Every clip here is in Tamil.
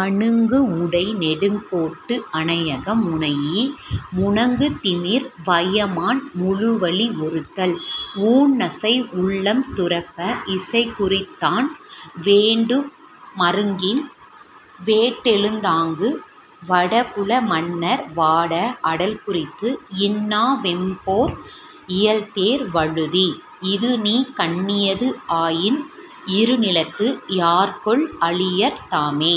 அணங்கு உடை நெடுங்கோட்டு அளையகம் முனைஇ, முணங்கு நிமிர் வயமான் முழுவலி ஒருத்தல், ஊன்நசை உள்ளம் துரப்ப, இசை குறித்துத் தான் வேண்டு மருங்கின் வேட்டுஎழுந் தாங்கு, வடபுல மன்னர் வாட, அடல் குறித்து, இன்னா வெம்போர் இயல்தேர் வழுதி! இதுநீ கண்ணியது ஆயின், இரு நிலத்து யார்கொல் அளியர் தாமே?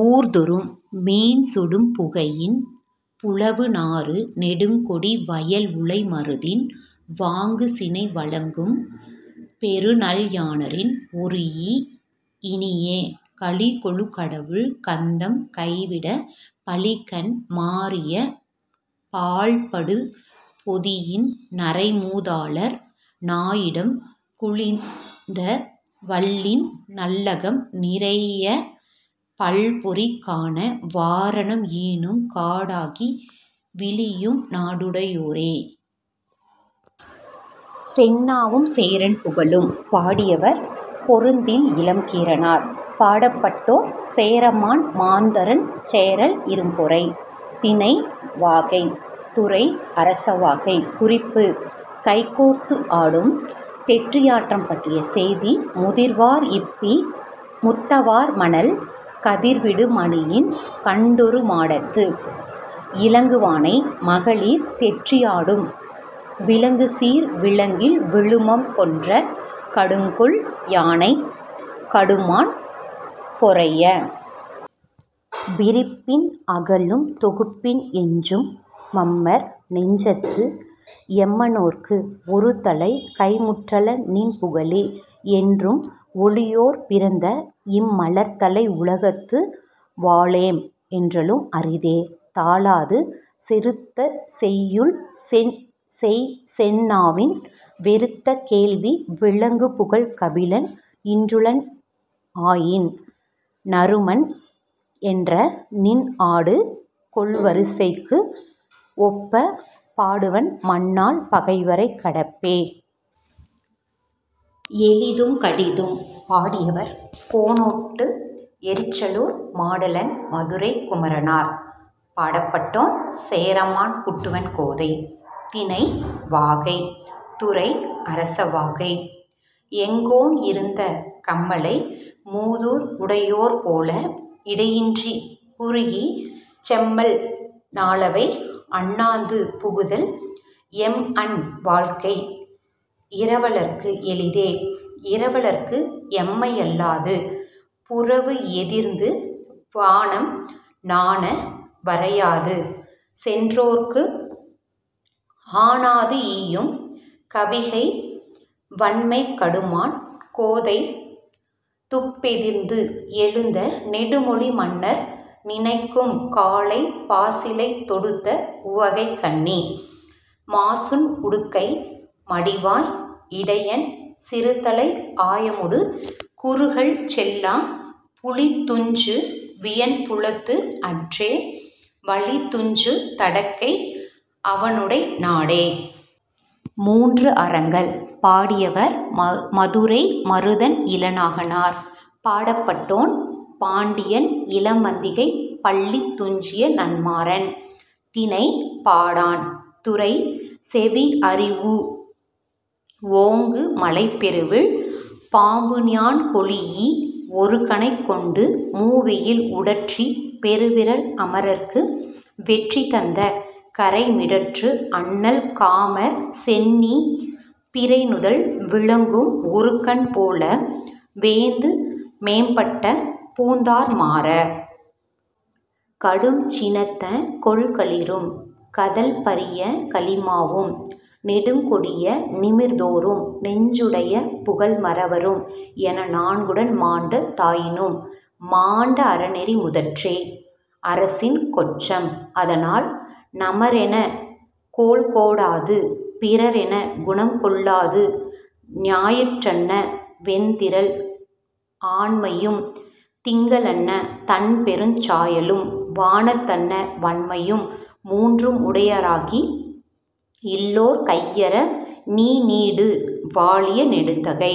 ஊர்தொறும் மீன்சுடு புகையின் புலவுநாறு நெடுங் கொடி வயல்உழை மருதின் வாங்குசினை வலக்கும், பெருநல் யாணரின் ஒரீஇ, இனியே கலி கெழு கடவுள் கந்தம் கைவிடப் பலிகண் மாறிய பாழ்படு பொதியில், நரைமூ தாளர் நாயிடக் குழிந்த வல்லின் நல்லகம் நிறையப், பல்பொறிக் கான வாரணம் ஈனும் காடாகி விளியும் நாடுடை யோரே!. செந்நாவும் சேரன் புகழும்! பாடியவர்: பொருந்தில் இளங்கீரனார். பாடப்பட்டோன்: சேரமான் மாந்தரஞ்சேரல் இரும்பொறை. திணை: வாகை. துறை: அரசவாகை. குறிப்பு: கைகோத்து ஆடும் தெற்றி யாட்டம் பற்றிய செய்தி. முதிர்வார் இப்பி முத்த வார் மணல், கதிர்விடு மணியின் கண்பொரு மாடத்து, இலங்கு வளை மகளிர் தெற்றி ஆடும் விளங்கு சீர் விளங்கில் விழுமம் கொன்ற களங்கொள் யானைக், கடுமான், பொறைய! விரிப்பின் அகலும்; தொகுப்பின் எஞ்சும்; மம்மர் நெஞ்சத்து எம்மனோர்க்கு ஒருதலை கைம்முற் றலநின் புகழே, என்றும்; ஒளியோர் பிறந்தஇம் மலர்தலை உலகத்து வாழேம் என்றலும் அரிதே; 'தாழாது செறுத்த செய்யுள் செய்செந் நாவின், வெறுத்த கேள்வி, விளங்குபுகழ்க் கபிலன் இன்றுளன் ஆயின், நன்றுமன், என்ற நின் ஆடு கொள் வரிசைக்கு ஒப்பப் பாடுவன் மன்னால், பகைவரைக் கடப்பே.. எளிதும் கடிதும்! பாடியவர்: கோனாட்டு எறிச்சலூர் மாடலன் மதுரைக் குமரனார். பாடப்பட்டோன்: சேரமான் குட்டுவன் கோதை. திணை: வாகை. துறை: அரசவாகை. எங்கோன் இருந்த கம்பலை மூதூர், உடையோர் போல இடையின்று குறுகிச், செம்மல் நாளவை அண்ணாந்து புகுதல் எம்அன வாழ்க்கை இரவலர்க்கு எளிதே; இரவலர்க்கு எண்மை யல்லது; புரவு எதிர்ந்து வானம் நாண, வரையாது, சென்றோர்க்கு ஆனாது ஈயும் கவிகை வண்மைக் கடுமான் கோதை துப்பெதிர்ந்து எழுந்த நெடுமொழி மன்னர் நினைக்குங் காலைப், பாசிலைத் தொடுத்த உவலைக் கண்ணி, மாசுண் உடுக்கை, மடிவாய், இடையன் சிறுதலை ஆயமொடு குறுகல் செல்லாப் புலிதுஞ்சு வியன்புலத்து அற்றே வலிதுஞ்சு தடக்கை அவனுடை நாடே.. மூன்று அறங்கள்! பாடியவர்: மதுரை மருதன் இளநாகனார். பாடப்பட்டோன்: பாண்டியன் இலவந்திகைப் பள்ளித் துஞ்சிய நன்மாறன். திணை: பாடாண். துறை: செவியறிவுறூஉ. ஓங்கு மலைப் பெருவில் பாம்புஞாண் கொளீஇ, ஒரு கணை கொண்டு மூவெயில் உடற்றிப் பெரு விறல் அமரர்க்கு வெற்றி தந்த கறை மிடற்று அண்ணல் காமர் சென்னிப் பிறை நுதல் விளங்கும் ஒருகண் போல, வேந்து மேம்பட்ட பூந்தார் மாற! கடுஞ் சினத்த கொல் களிறும்; கதழ் பரிய கலி மாவும், நெடுங் கொடிய நிமிர் தோரும், நெஞ் சுடைய புகல் மறவரும், என நான்குடன் மாண்ட தாயினும், மாண்ட அறநெறி முதற்றே, அரசின் கொற்றம்; அதனால், நமரெனக் கோல்கோ டாது, 'பிறர்' எனக் குணங் கொல்லாது, ஞாயிற் றன்ன வெந்திறல் ஆண்மையும், திங்கள் அன்ன தண்பெருஞ் சாயலும், வானத்து அன்ன வண்மையும், மூன்றும், உடையை ஆகி, இல்லோர் கையற, நீநீடு வாழிய நெடுந்தகை!